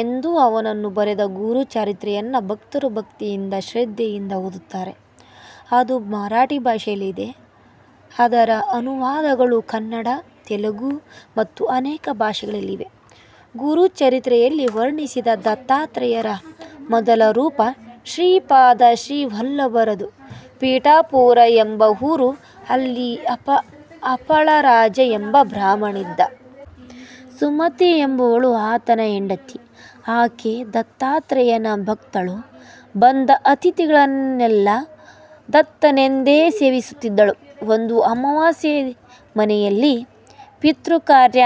ಎಂದು ಅವನು ಬರೆದ 'ಗುರು ಚರಿತ್ರೆ'ಯನ್ನು ಭಕ್ತರು ಭಕ್ತಿಯಿಂದ, ಶ್ರದ್ಧೆಯಿಂದ ಓದುತ್ತಾರೆ. ಅದು ಮರಾಠಿ ಭಾಷೆಯಲ್ಲಿದೆ. ಅದರ ಅನುವಾದಗಳು ಕನ್ನಡ, ತೆಲುಗು ಮತ್ತು ಅನೇಕ ಭಾಷೆಗಳಲ್ಲಿವೆ. ಗುರುಚರಿತ್ರೆಯಲ್ಲಿ ವರ್ಣಿಸಿದ ದತ್ತಾತ್ರೇಯರ ಮೊದಲ ರೂಪ ಶ್ರೀಪಾದ ಶ್ರೀವಲ್ಲಭರದು. ಪೀಠಾಪುರ ಎಂಬ ಊರು. ಅಲ್ಲಿ ಅಪಳರಾಜ ಎಂಬ ಬ್ರಾಹ್ಮಣನಿದ್ದ. ಸುಮತಿ ಎಂಬುವಳು ಆತನ ಹೆಂಡತಿ. ಈಕೆ ದತ್ತಾತ್ರೇಯನ ಭಕ್ತಳು. ಬಂದ ಅತಿಥಿಗಳನ್ನೆಲ್ಲ ದತ್ತನೆಂದೇ ಸೇವಿಸುತ್ತಿದ್ದಳು. ಒಂದು ಅಮಾವಾಸ್ಯೆ. ಮನೆಯಲ್ಲಿ ಪಿತೃಕಾರ್ಯ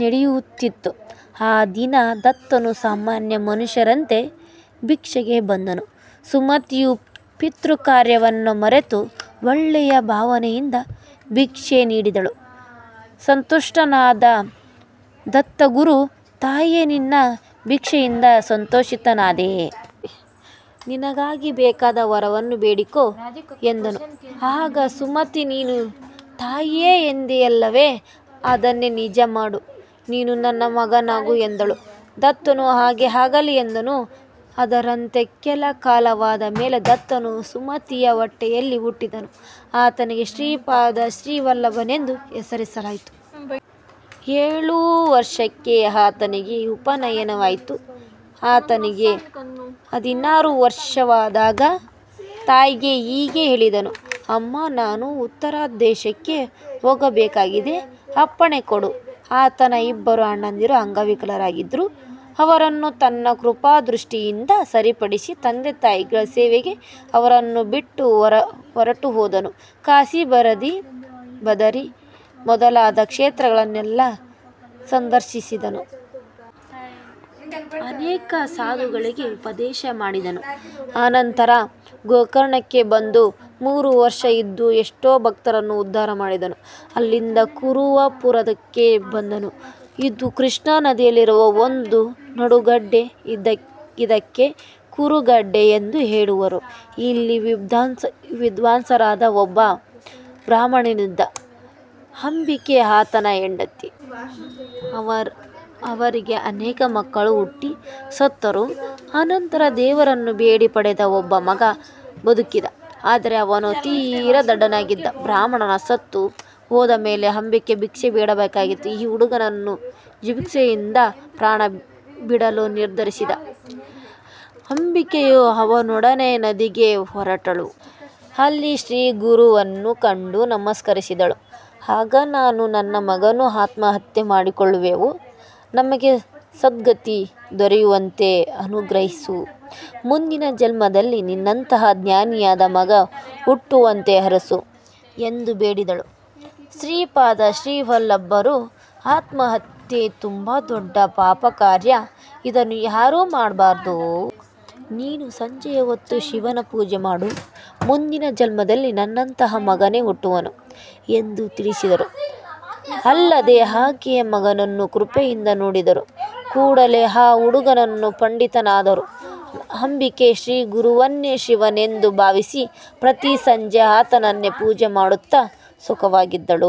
ನಡೆಯುವುದಿತ್ತು. ಆ ದಿನ ದತ್ತನು ಸಾಮಾನ್ಯ ಮನುಷ್ಯನಂತೆ ಭಿಕ್ಷೆಗೆ ಬಂದನು. ಸುಮತಿಯು ಪಿತೃಕಾರ್ಯವನ್ನೂ ಮರೆತು, ಒಳ್ಳೆಯ ಭಾವನೆಯಿಂದ ಭಿಕ್ಷೆ ನೀಡಿದಳು. ಸಂತುಷ್ಠನಾದ ದತ್ತುಗುರು, "ತಾಯಿಯೇ, ನಿನ್ನ ಭಿಕ್ಷೆಯಿಂದ ಸಂತೋಷಿತನಾದೆ. ನಿನಗೆ ಬೇಕಾದ ವರವನ್ನು ಬೇಡಿಕೋ" ಎಂದನು. ಆಗ ಸುಮತಿ "ನೀನು ತಾಯಿಯೇ ಎಂದೆಯಲ್ಲವೆ? ಅದನ್ನೇ ನಿಜ ಮಾಡು. ನೀನು ನನ್ನ ಮಗನಾಗು" ಎಂದಳು. ದತ್ತನು ಹಾಗೇ ಆಗಲಿ ಎಂದನು. ಅದರಂತೆ ಕೆಲ ಕಾಲವಾದ ಮೇಲೆ ದತ್ತನು ಸುಮತಿಯ ಹೊಟ್ಟೆಯಲ್ಲಿ ಹುಟ್ಟಿದನು. ಆತನಿಗೆ ಶ್ರೀಪಾದ ಶ್ರೀವಲ್ಲಭನೆಂದು ಹೆಸರಿಸಲಾಯಿತು. ಏಳು ವರ್ಷಕ್ಕೆ ಆತನಿಗೆ ಉಪನಯನವಾಯಿತು. ಆತನಿಗೆ ಹದಿನಾರು ವರ್ಷವಾದಾಗ ತಾಯಿಗೆ ಹೀಗೆ ಹೇಳಿದನು; "ಅಮ್ಮಾ, ನಾನು ಉತ್ತರ ದೇಶಕ್ಕೆ ಹೋಗಬೇಕಾಗಿದೆ. ಅಪ್ಪಣೆ ಕೊಡು. " ಆತನ ಇಬ್ಬರು ಅಣ್ಣಂದಿರು ಅಂಗವಿಕಲರಾಗಿದ್ದರು. ಅವರನ್ನು ತನ್ನ ಕೃಪಾ ದೃಷ್ಟಿಯಿಂದ ಸರಿಪಡಿಸಿ, ತಂದೆತಾಯಿಗಳ ಸೇವೆಗೆ ಅವರನ್ನು ಬಿಟ್ಟು, ಹೊರಟುಹೋದನು. ಕಾಶಿ, ಬದರಿ ಮೊದಲಾದ ಕ್ಷೇತ್ರಗಳನ್ನೆಲ್ಲ ಸಂದರ್ಶಿಸಿದನು. ಅನೇಕ ಸಾಧುಗಳಿಗೆ ಉಪದೇಶ ಮಾಡಿದನು. ಅನಂತರ ಗೋಕರ್ಣಕ್ಕೆ ಬಂದು, ಮೂರು ವರ್ಷ ಇದ್ದು ಎಷ್ಟೋ ಭಕ್ತರನ್ನು ಉದ್ಧಾರ ಮಾಡಿದನು. ಅಲ್ಲಿಂದ ಕುರುವಪುರಕ್ಕೆ ಬಂದನು. ಇದು ಕೃಷ್ಣಾ ನದಿಯಲ್ಲಿರುವ ಒಂದು ನಡುಗಡ್ಡೆ. ಇದಕ್ಕೆ ಕುರುಗಡ್ಡೆ ಎಂದೂ ಹೇಳುವರು. ಇಲ್ಲಿ ವಿದ್ವಾಂಸನಾದ ಒಬ್ಬ ಬ್ರಾಹ್ಮಣನಿದ್ದ. ಅಂಬಿಕೆ ಆತನ ಹೆಂಡತಿ. ಅವರಿಗೆ ಅನೇಕ ಮಕ್ಕಳು ಹುಟ್ಟಿ ಸತ್ತರು. ಅನಂತರ ದೇವರನ್ನು ಬೇಡಿ ಪಡೆದ ಒಬ್ಬ ಮಗ ಬದುಕಿದ. ಆದರೆ ಅವನು ತೀರಾ ದಡ್ಡನಾಗಿದ್ದ.. ಬ್ರಾಹ್ಮಣ ಸತ್ತು ಹೋದ ಮೇಲೆ ಅಂಬಿಕೆ ಭಿಕ್ಷೆ ಬೇಡಬೇಕಾಯಿತು. ಆ ಹುಡುಗನು ಜಿಗುಪ್ಸೆಯಿಂದ ಪ್ರಾಣ ಬಿಡಲು ನಿರ್ಧರಿಸಿದ. ಅಂಬಿಕೆಯೂ ಅವನೊಡನೆ ನದಿಗೆ ಹೊರಟಳು. ಅಲ್ಲಿ ಶ್ರೀ ಗುರುವನ್ನು ಕಂಡು ನಮಸ್ಕರಿಸಿದಳು. "ಈಗ ನಾನೂ ನನ್ನ ಮಗನೂ ಆತ್ಮಹತ್ಯೆ ಮಾಡಿಕೊಳ್ಳುವೆವು. ನಮಗೆ ಸದ್ಗತಿ ದೊರೆಯುವಂತೆ ಅನುಗ್ರಹಿಸು. ಮುಂದಿನ ಜನ್ಮದಲ್ಲಿ ನಿನ್ನಂಥಾ ಜ್ಞಾನಿಯಾದ ಮಗ ಹುಟ್ಟುವಂತೆ ಹರಸು" ಎಂದು ಬೇಡಿದಳು. ಶ್ರೀಪಾದ ಶ್ರೀವಲ್ಲಭರು "ಆತ್ಮಹತ್ಯೆ ತುಂಬಾ ದೊಡ್ಡ ಪಾಪಕಾರ್ಯ. ಅದನ್ನು ಯಾರೂ ಮಾಡಬಾರದು. ನೀನು ಸಂಜೆಯ ಹೊತ್ತು ಶಿವನ ಪೂಜೆ ಮಾಡು. ಮುಂದಿನ ಜನ್ಮದಲ್ಲಿ ನನ್ನಂಥಾ ಮಗನೇ ಹುಟ್ಟುವನು" ಎಂದು ತಿಳಿಸಿದರು. ಅಲ್ಲದೆ ಆಕೆಯ ಮಗನನ್ನು ಕೃಪೆಯಿಂದ ನೋಡಿದರು. ಕೂಡಲೇ ಆ ಹುಡುಗನು ಪಂಡಿತನಾದನು. ಅಂಬಿಕೆ ಶ್ರೀಗುರುವನ್ನೇ ಶಿವನೆಂದು ಭಾವಿಸಿ, ಪ್ರತಿ ಸಂಜೆ ಆತನನ್ನೇ ಪೂಜೆ ಮಾಡುತ್ತ ಸುಖವಾಗಿದ್ದಳು.